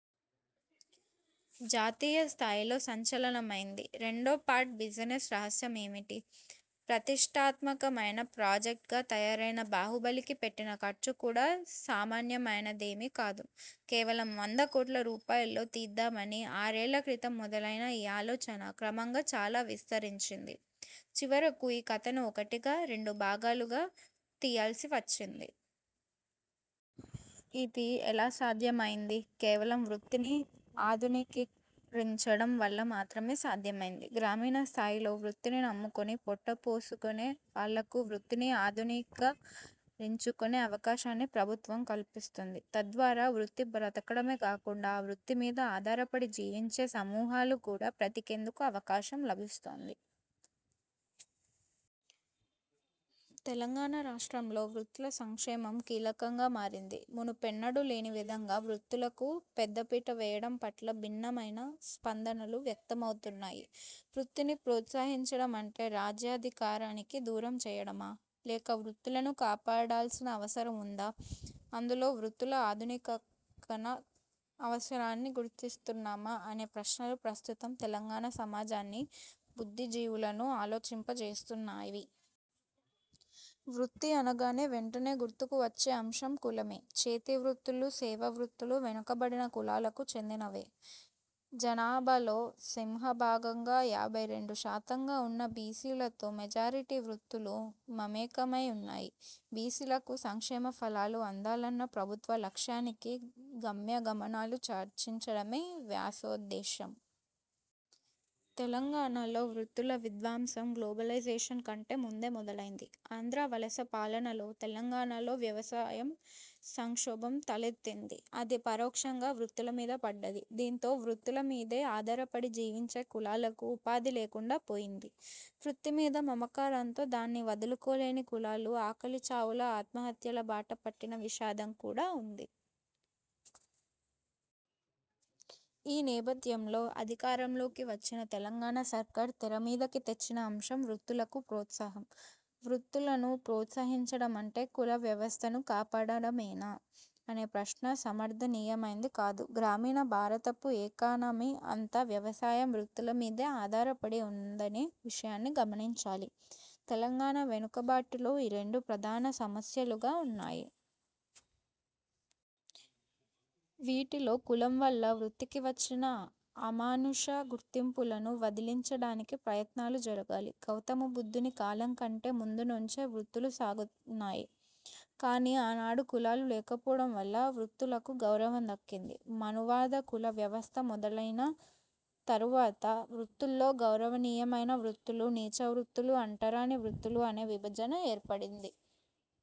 జాతీయ స్థాయిలో సంచలనమైంది. రెండో పార్ట్ బిజినెస్ రహస్యం ఏమిటి? ప్రతిష్ఠాత్మకమైన ప్రాజెక్ట్గా తయారైన బాహుబలికి పెట్టిన ఖర్చు కూడా సామాన్యమైనదేమీ కాదు. కేవలం వంద కోట్ల రూపాయల్లో తీద్దామని, ఆరేళ్ళ క్రితం మొదలైన ఈ ఆలోచన క్రమంగా చాలా విస్తరించింది. చివరకు ఈ కథను ఒకటికి, రెండు భాగాలుగా తీయాల్సి వచ్చింది. ఇది ఎలా సాధ్యమైంది? కేవలం వృత్తిని ఆధునికీకరించడం వల్ల మాత్రమే సాధ్యమైంది. గ్రామీణ స్థాయిలో వృత్తిని నమ్ముకొని పొట్టపోసుకునే వాళ్లకు వృత్తిని ఆధునికీకరించుకునే అవకాశాన్ని ప్రభుత్వం కల్పిస్తోంది. తద్వారా వృత్తి బ్రతకడమే కాకుండా, ఆ వృత్తి మీద ఆధారపడి జీవించే సమూహాలు కూడా బ్రతికేందుకు అవకాశం లభిస్తోంది. తెలంగాణ రాష్ట్రంలో వృత్తుల సంక్షేమం కీలకంగా మారింది. మునుపెన్నడూ లేనివిధంగా వృత్తులకు పెద్దపీటవేయడం పట్ల భిన్నమైన స్పందనలు వ్యక్తమవుతున్నాయి. వృత్తిని ప్రోత్సహించడం అంటే రాజ్యాధికారానికి దూరం చేయడమా? లేక వృత్తులను కాపాడాల్సిన అవసరం ఉందా? అందులో వృత్తుల ఆధునికీకరణ అవసరాన్ని గుర్తిస్తున్నామా? అనే ప్రశ్నలు ప్రస్తుతం తెలంగాణ సమాజాన్ని, బుద్ధిజీవులను ఆలోచింపజేస్తున్నవి. వృత్తి అనగానే వెంటనే గుర్తుకు వచ్చే అంశం కులమే. చేతి వృత్తులు, సేవ వృత్తులు వెనుకబడిన కులాలకు చెందినవే. జనాభాలో సింహభాగంగా యాభై రెండు శాతంగా ఉన్న బీసీలతో మెజారిటీ వృత్తులు మమేకమై ఉన్నాయి. బీసీలకు సంక్షేమ ఫలాలు అందాలన్న ప్రభుత్వ లక్ష్యానికి గమ్యాగమనాలు చర్చించడమే ఈ వ్యాసోద్ధేశం. తెలంగాణలో వృత్తుల విధ్వంసం గ్లోబలైజేషన్ కంటే ముందే మొదలైంది. ఆంధ్ర వలస పాలనలో తెలంగాణలో వ్యవసాయ సంక్షోభం తలెత్తింది. అది పరోక్షంగా వృత్తుల మీద పడ్డది. దీంతో వృత్తుల మీదే ఆధారపడి జీవించే కులాలకు ఉపాధి లేకుండా పోయింది. వృత్తి మీద మమకారంతో దాన్ని వదులుకోలేని కులాలు ఆకలి చావుల, ఆత్మహత్యల బాట పట్టిన విషాదం కూడా ఉంది. ఈ నేపథ్యంలో అధికారంలోకి వచ్చిన తెలంగాణ సర్కార్ తెరమీదికి తెచ్చిన అంశం వృత్తులకు ప్రోత్సాహం. వృత్తులను ప్రోత్సహించడమంటే కుల వ్యవస్థను కాపాడడమేనా? అనే ప్రశ్న సమర్థనీయమైంది కాదు. గ్రామీణ భారతపు ఎకానమీ అంతా వ్యవసాయం, వృత్తుల మీదే ఆధారపడి ఉందనే విషయాన్ని గమనించాలి. తెలంగాణ వెనుకబాటులో ఈ రెండు ప్రధాన సమస్యలుగా ఉన్నాయి. వీటిలో కులం వల్ల వృత్తికి వచ్చిన అమానుష గుర్తింపులను వదిలించడానికి ప్రయత్నాలు జరగాలి. గౌతమ బుద్ధుని కాలం కంటే ముందు నుంచే వృత్తులు ఉన్నాయి. కానీ, ఆనాడు కులాలు లేకపోవడం వల్ల వృత్తులకు గౌరవం దక్కింది. మనువాద కుల వ్యవస్థ మొదలైన తరువాత వృత్తుల్లో గౌరవనీయమైన వృత్తులు, నీచ వృత్తులు, అంటరాని వృత్తులు అనే విభజన ఏర్పడింది.